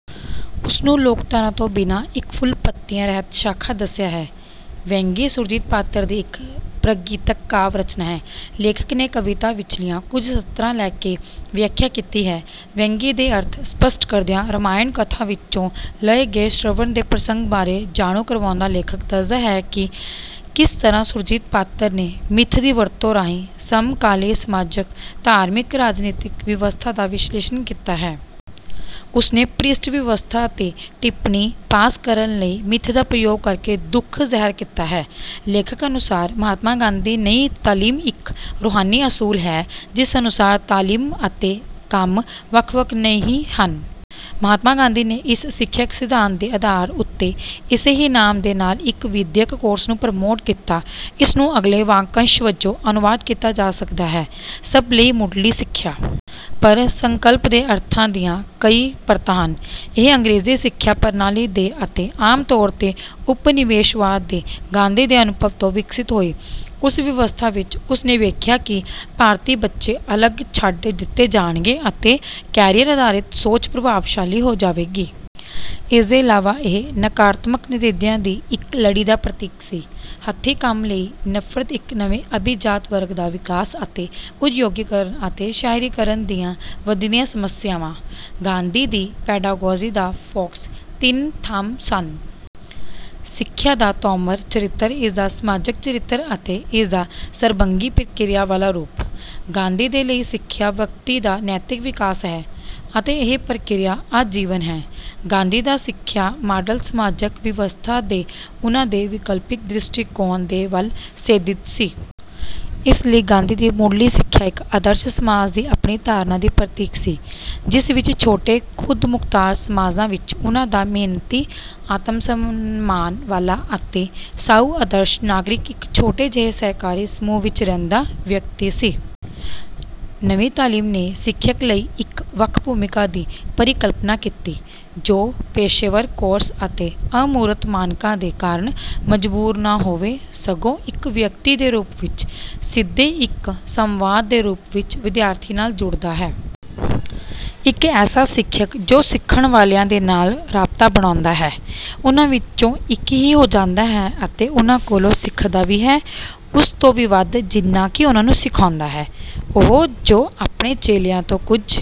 ਉਸਨੂੰ ਲੋਕਧਾਰਾ ਤੋਂ ਬਿਨਾਂ ਇੱਕ ਫੁੱਲ ਪੱਤੀਆਂ ਰਹਿਤ ਸ਼ਾਖਾ ਦੱਸਿਆ ਹੈ। ਵਹਿੰਗੀ ਸੁਰਜੀਤ ਪਾਤਰ ਦੀ ਇੱਕ ਪ੍ਰਗੀਤਕ ਕਾਵਿ ਰਚਨਾ ਹੈ। ਲੇਖਕ ਨੇ ਕਵਿਤਾ ਵਿੱਚਲੀਆਂ ਕੁਝ ਸਤਰਾਂ ਲੈਕੇ ਵਿਆਖਿਆ ਕੀਤੀ ਹੈ। ਵਹਿੰਗੀ ਦੇ ਅਰਥ ਸਪੱਸ਼ਟ ਕਰਦਿਆਂ ਰਾਮਾਇਣ ਕਥਾ ਵਿੱਚੋਂ ਲਏ ਗਏ ਸ਼੍ਰਵਣ ਦੇ ਪ੍ਰਸੰਗ ਬਾਰੇ ਜਾਣੂ ਕਰਵਾਉਂਦਾ ਲੇਖਕ ਦੱਸਦਾ ਹੈ ਕਿ ਕਿਸ ਤਰ੍ਹਾਂ ਸੁਰਜੀਤ ਪਾਤਰ ਨੇ ਮਿੱਥ ਦੀ ਵਰਤੋਂ ਰਾਹੀਂ ਸਮਕਾਲੀ ਸਮਾਜਕ ਧਾਰਮਿਕ ਰਾਜਨੀਤਕ ਵਿਵਸਥਾ ਦਾ ਵਿਸ਼ਲੇਸ਼ਣ ਕੀਤਾ ਹੈ। ਉਸਨੇ ਭ੍ਰਿਸ਼ਟ ਵਿਵਸਥਾ ਤੇ ਟਿੱਪਣੀ ਪਾਸ ਕਰਨ ਲਈ ਮਿੱਥ ਦਾ ਪ੍ਰਯੋਗ ਕਰਕੇ ਦੁੱਖ ਜ਼ਾਹਿਰ ਕੀਤਾ ਹੈ। ਲੇਖਕ ਅਨੁਸਾਰ ਮਹਾਤਮਾ ਗਾਂਧੀ ਨਈ ਤਾਲੀਮ ਇੱਕ ਰੂਹਾਨੀ ਅਸੂਲ ਹੈ ਜਿਸ ਅਨੁਸਾਰ ਤਾਲੀਮ ਅਤੇ ਕੰਮ ਵੱਖ ਵੱਖ ਨਹੀਂ ਹਨ। ਮਹਾਤਮਾ ਗਾਂਧੀ ਨੇ ਇਸ ਸਿੱਖਿਅਕ ਸਿੱਧਾਂਤ ਦੇ ਆਧਾਰ ਉੱਤੇ ਇਸੇ ਹੀ ਨਾਮ ਦੇ ਨਾਲ ਇੱਕ ਵਿਦਿਅਕ ਕੋਰਸ ਨੂੰ ਪ੍ਰਮੋਟ ਕੀਤਾ। ਇਸ ਨੂੰ ਅਗਲੇ ਵਾਕੰਸ਼ ਵਜੋਂ ਅਨੁਵਾਦ ਕੀਤਾ ਜਾ ਸਕਦਾ ਹੈ ਸਭ ਲਈ ਮੁੱਢਲੀ ਸਿੱਖਿਆ। ਪਰ ਸੰਕਲਪ ਦੇ ਅਰਥਾਂ ਦੀਆਂ ਕਈ ਪਰਤਾਂ ਹਨ। ਇਹ ਅੰਗਰੇਜ਼ੀ ਸਿੱਖਿਆ ਪ੍ਰਣਾਲੀ ਦੇ ਅਤੇ ਆਮ ਤੌਰ ਤੇ ਉਪਨਿਵੇਸ਼ਵਾਦ ਦੇ ਗਾਂਧੀ ਦੇ ਅਨੁਭਵ ਤੋਂ ਵਿਕਸਿਤ ਹੋਈ। ਉਸ ਵਿਵਸਥਾ ਵਿੱਚ ਉਸ ਨੇ ਵੇਖਿਆ ਕਿ ਭਾਰਤੀ ਬੱਚੇ ਅਲੱਗ ਛੱਡ ਦਿੱਤੇ ਜਾਣਗੇ ਅਤੇ ਕੈਰੀਅਰ ਆਧਾਰਿਤ ਸੋਚ ਪ੍ਰਭਾਵਸ਼ਾਲੀ ਹੋ ਜਾਵੇਗੀ। ਇਸਦੇ ਇਲਾਵਾ ਇਹ ਨਕਾਰਾਤਮਕ ਨਤੀਜਿਆਂ ਦੀ ਇੱਕ ਲੜੀ ਦਾ ਪ੍ਰਤੀਕ ਸੀ। ਹੱਥੀਂ ਕੰਮ ਲਈ ਨਫ਼ਰਤ ਇੱਕ ਨਵੇਂ ਅਭਿਜਾਤ ਵਰਗ ਦਾ ਵਿਕਾਸ ਅਤੇ ਉਦਯੋਗੀਕਰਨ ਅਤੇ ਸ਼ਹਰੀਕਰਨ ਦੀਆਂ ਵੱਧਦੀਆਂ ਸਮਸਿਆਵਾਂ। ਗਾਂਧੀ ਦੀ ਪੈਡਾਗੋਜੀ ਦਾ ਫੋਕਸ ਤਿੰਨ ਥੰਮ ਸਨ। ਸਿੱਖਿਆ ਦਾ ਤਾਉਮਰ ਚਰਿੱਤਰ ਇਸਦਾ ਸਮਾਜਕ ਚਰਿੱਤਰ ਅਤੇ ਇਸਦਾ ਸਰਬੰਗੀ ਪ੍ਰਕਿਰਿਆ ਵਾਲਾ ਰੂਪ। ਗਾਂਧੀ ਦੇ ਲਈ ਸਿੱਖਿਆ ਵਿਅਕਤੀ ਦਾ ਨੈਤਿਕ ਵਿਕਾਸ ਹੈ ਅਤੇ ਇਹ ਪ੍ਰਕਿਰਿਆ ਆਜੀਵਨ ਹੈ। ਗਾਂਧੀ ਦਾ ਸਿੱਖਿਆ ਮਾਡਲ ਸਮਾਜਕ ਵਿਵਸਥਾ ਦੇ ਉਨ੍ਹਾਂ ਦੇ ਵਿਕਲਪਿਕ ਦ੍ਰਿਸ਼ਟੀਕੋਣ ਦੇ ਵੱਲ ਸੇਧਿਤ ਸੀ। ਇਸ ਲਈ ਗਾਂਧੀ ਦੀ ਮੁੱਢਲੀ ਸਿੱਖਿਆ ਇੱਕ ਆਦਰਸ਼ ਸਮਾਜ ਦੀ ਆਪਣੀ ਧਾਰਨਾ ਦੀ ਪ੍ਰਤੀਕ ਸੀ ਜਿਸ ਵਿੱਚ ਛੋਟੇ ਖੁਦ ਮੁਖਤਾਰ ਸਮਾਜਾਂ ਵਿੱਚ ਉਨ੍ਹਾਂ ਦਾ ਮਿਹਨਤੀ ਆਤਮ ਸਨਮਾਨ ਵਾਲਾ ਅਤੇ ਸਾਊ ਆਦਰਸ਼ ਨਾਗਰਿਕ ਇੱਕ ਛੋਟੇ ਜਿਹੇ ਸਹਿਕਾਰੀ ਸਮੂਹ ਵਿੱਚ ਰਹਿੰਦਾ ਵਿਅਕਤੀ ਸੀ। ਨਵੀਂ ਤਾਲੀਮ ਨੇ ਸਿਖਿਅਕ ਲਈ ਇੱਕ ਵੱਖ ਭੂਮਿਕਾ ਦੀ ਪਰਿਕਲਪਨਾ ਕੀਤੀ ਜੋ ਪੇਸ਼ੇਵਰ ਕੋਰਸ ਅਤੇ ਅਮੂਰਤ ਮਾਨਕਾਂ ਦੇ ਕਾਰਨ ਮਜ਼ਬੂਰ ਨਾ ਹੋਵੇ ਸਗੋਂ ਇੱਕ ਵਿਅਕਤੀ ਦੇ ਰੂਪ ਵਿੱਚ ਸਿੱਧੇ ਇੱਕ ਸੰਵਾਦ ਦੇ ਰੂਪ ਵਿੱਚ ਵਿਦਿਆਰਥੀ ਨਾਲ ਜੁੜਦਾ ਹੈ। ਇੱਕ ਐਸਾ ਸਿਖਿਅਕ ਜੋ ਸਿਖਣ ਵਾਲਿਆਂ ਦੇ ਨਾਲ ਰਾਬਤਾ ਬਣਾਉਂਦਾ ਹੈ ਉਨ੍ਹਾਂ ਵਿੱਚੋਂ ਹੀ ਇੱਕ ਹੋ ਜਾਂਦਾ ਹੈ ਅਤੇ ਉਨ੍ਹਾਂ ਕੋਲੋਂ ਸਿੱਖਦਾ ਵੀ ਹੈ ਉਸ ਤੋਂ ਵੀ ਵੱਧ ਜਿੰਨਾ ਕਿ ਉਨ੍ਹਾਂ ਨੂੰ ਸਿਖਾਉਂਦਾ ਹੈ। ਉਹ ਜੋ ਆਪਣੇ ਚੇਲਿਆਂ ਤੋਂ ਕੁੱਝ